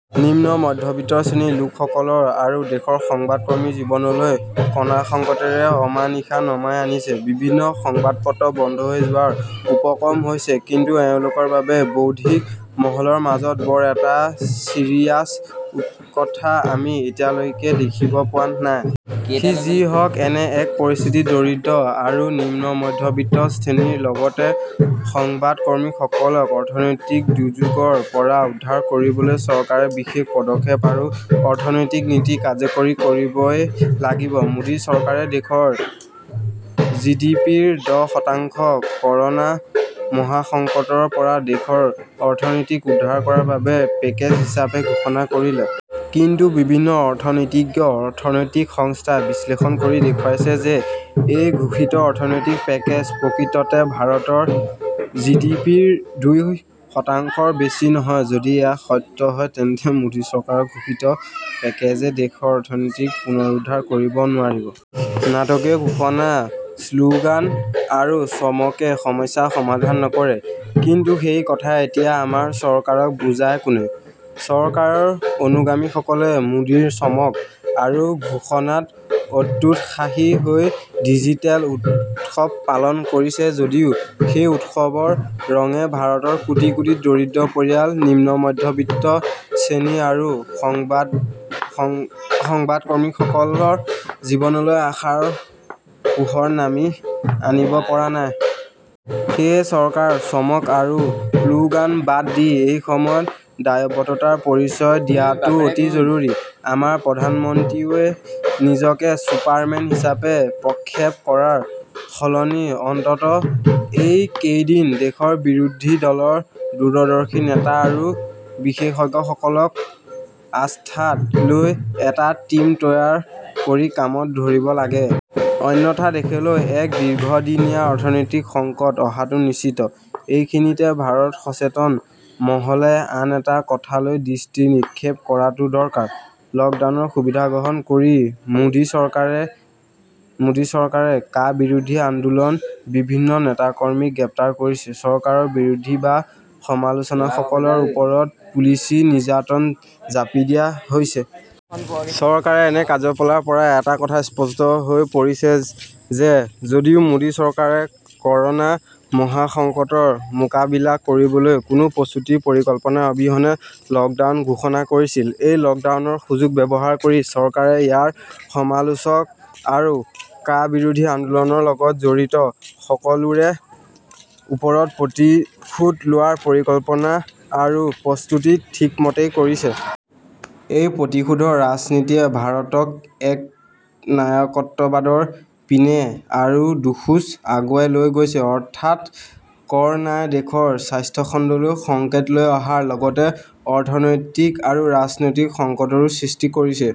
নিম্ন মধ্যবিত্ত শ্ৰেণীৰ লোকসকল আৰু দেশৰ সংবাদ কৰ্মীৰ জীৱনলৈ কনাসংকটে অমানিশা নমাই আনিছে। বিভিন্ন সংবাদপত্ৰ বন্ধ হৈ যোৱাৰ উপক্ৰম হৈছে।‌কিন্তু এওঁলোকৰ বাবে বৌদ্ধিক মহলৰ মাজত বৰ এটা চিৰিয়াছ উৎকণ্ঠা আমি এতিয়ালৈকে দেখিবলৈ পোৱা নাই। সি যি হওক এনে এক পৰিস্থিতিত দৰিদ্ৰ আৰু নিম্নমধ্যবিত্ত শ্ৰেণীৰ লগতে সংবাদকৰ্মী সকলক অৰ্থনৈতিক দুৰ্যোগৰ পৰা উদ্ধাৰ কৰিবলৈ চৰকাৰে বিশেষ পদক্ষেপ আৰু অৰ্থনৈতিক নীতি কাৰ্যকৰী কৰিবই লাগিব। মোদী চৰকাৰে দেশৰ জিডিপিৰ দহ‌ শতাংশ ক'ৰ'না মহাসংকটৰ পৰা দেশৰ অৰ্থনীতিক উদ্ধাৰ কৰাৰ বাবে পেকেজ হিচাপে ঘোষণা কৰিলে। কিন্তু বিভিন্ন অৰ্থনীতিজ্ঞ, অৰ্থনৈতিক সংস্থাই বিশ্লেষণ কৰি দেখুৱাইছে যে এই ঘোষিত অৰ্থনৈতিক পেকেজ প্ৰকৃততে ভাৰতৰ জিডিপিৰ দুই শতাংশৰ বেছি নহয়। যদি এয়া সত্য হয় তেন্তে মোদী চৰকাৰৰ ঘোষিত পেকেজে দেশৰ অৰ্থনীতি পুনৰুদ্ধাৰ কৰিব নোৱাৰিব। নাটকীয় ঘোষণা শ্লোগান আৰু চমকে সমস্যা সমাধান নকৰে। কিন্তু সেই কথা এতিয়া আমাৰ চৰকাৰক বুজায় কোনে। চৰকাৰৰ অনুগামীসকলে মোদীৰ চমক আৰু ঘোষণাত অত্যুৎসাহী হৈ ডিজিটেল উৎসৱ পালন কৰিছে যদিও সেই উৎসৱৰ ৰঙে ভাৰতৰ কোটি কোটি দৰিদ্ৰ পৰিয়াল নিম্নমধ্যবিত্ত শ্ৰেণী আৰু সংবাদকৰ্মীসকলৰ জীৱনলৈ আশাৰ পোহৰ আনিব পৰা নাই। সেয়ে চৰকাৰে চমক আৰু শ্লোগান বাদ দি এইসময়ত দায়ৱদ্ধতাৰ পৰিচয় দিয়াটো অতি জৰুৰী।‌ আমাৰ প্ৰধানমন্ত্ৰীয়েও নিজকে চুপাৰ মেন হিচাপে প্ৰক্ষেপ কৰাৰ সলনি অন্ততঃ এই কেইদিন দেশৰ বিৰোধী দলৰ দূৰদৰ্শী নেতা আৰু বিশেষজ্ঞসকলক আস্থাত লৈ এটা টীম তৈয়াৰ কৰি কামত ধৰিব লাগে। অন্যথা দেশলৈ এক দীৰ্ঘদিনীয়া অৰ্থনৈতিক সংকট অহাটো নিশ্চিত।‌‌ এইখিনিতে ভাৰতৰ সচেতন মহলে আন এটা কথালৈ দৃষ্টি নিক্ষেপ কৰাটো দৰকাৰ। লকডাউনৰ সুবিধা গ্ৰহণ কৰি মোদী চৰকাৰে কা বিৰোধী আন্দোলনৰ বিভিন্ন নেতাকৰ্মীক গ্ৰেপ্তাৰ কৰিছে, চৰকাৰৰ বিৰোধী বা সমালোচকসকলৰ ওপৰত পুলিচী নিৰ্যাতন জাপি দিয়া হৈছে। চৰকাৰৰ এনে কাৰ্যকলাপৰ পৰা এটা কথা স্পষ্ট হৈ পৰিছে যে যদিও মোদী চৰকাৰে ক'ৰ'না মহাসংকটৰ মোকাবিলা কৰিবলৈ কোনো প্ৰস্তুতি পৰিকল্পনা অবিহনে লকডাউন ঘোষণা কৰিছিল এই লকডাউনৰ সুযোগ ব্যৱহাৰ কৰি চৰকাৰে ইয়াৰ সমালোচক আৰু কা বিৰোধী আন্দোলনৰ লগত জড়িত সকলোৰে ওপৰত প্ৰতিশোধ লোৱাৰ পৰিকল্পনা আৰু প্ৰস্তুতি ঠিকমতেই কৰিছে। এই প্ৰতিশোধৰ ৰাজনীতিয়ে ভাৰতক একনায়কত্ববাদৰ পিনে আৰু দুখোজ আগুৱাই লৈ গৈছে। অৰ্থাৎ ক'ৰ'নাই দেশৰ স্বাস্থ্যখণ্ডলৈ সংকট লৈ অহাৰ লগতে অৰ্থনৈতিক আৰু ৰাজনৈতিক সংকটৰো সৃষ্টি কৰিছে।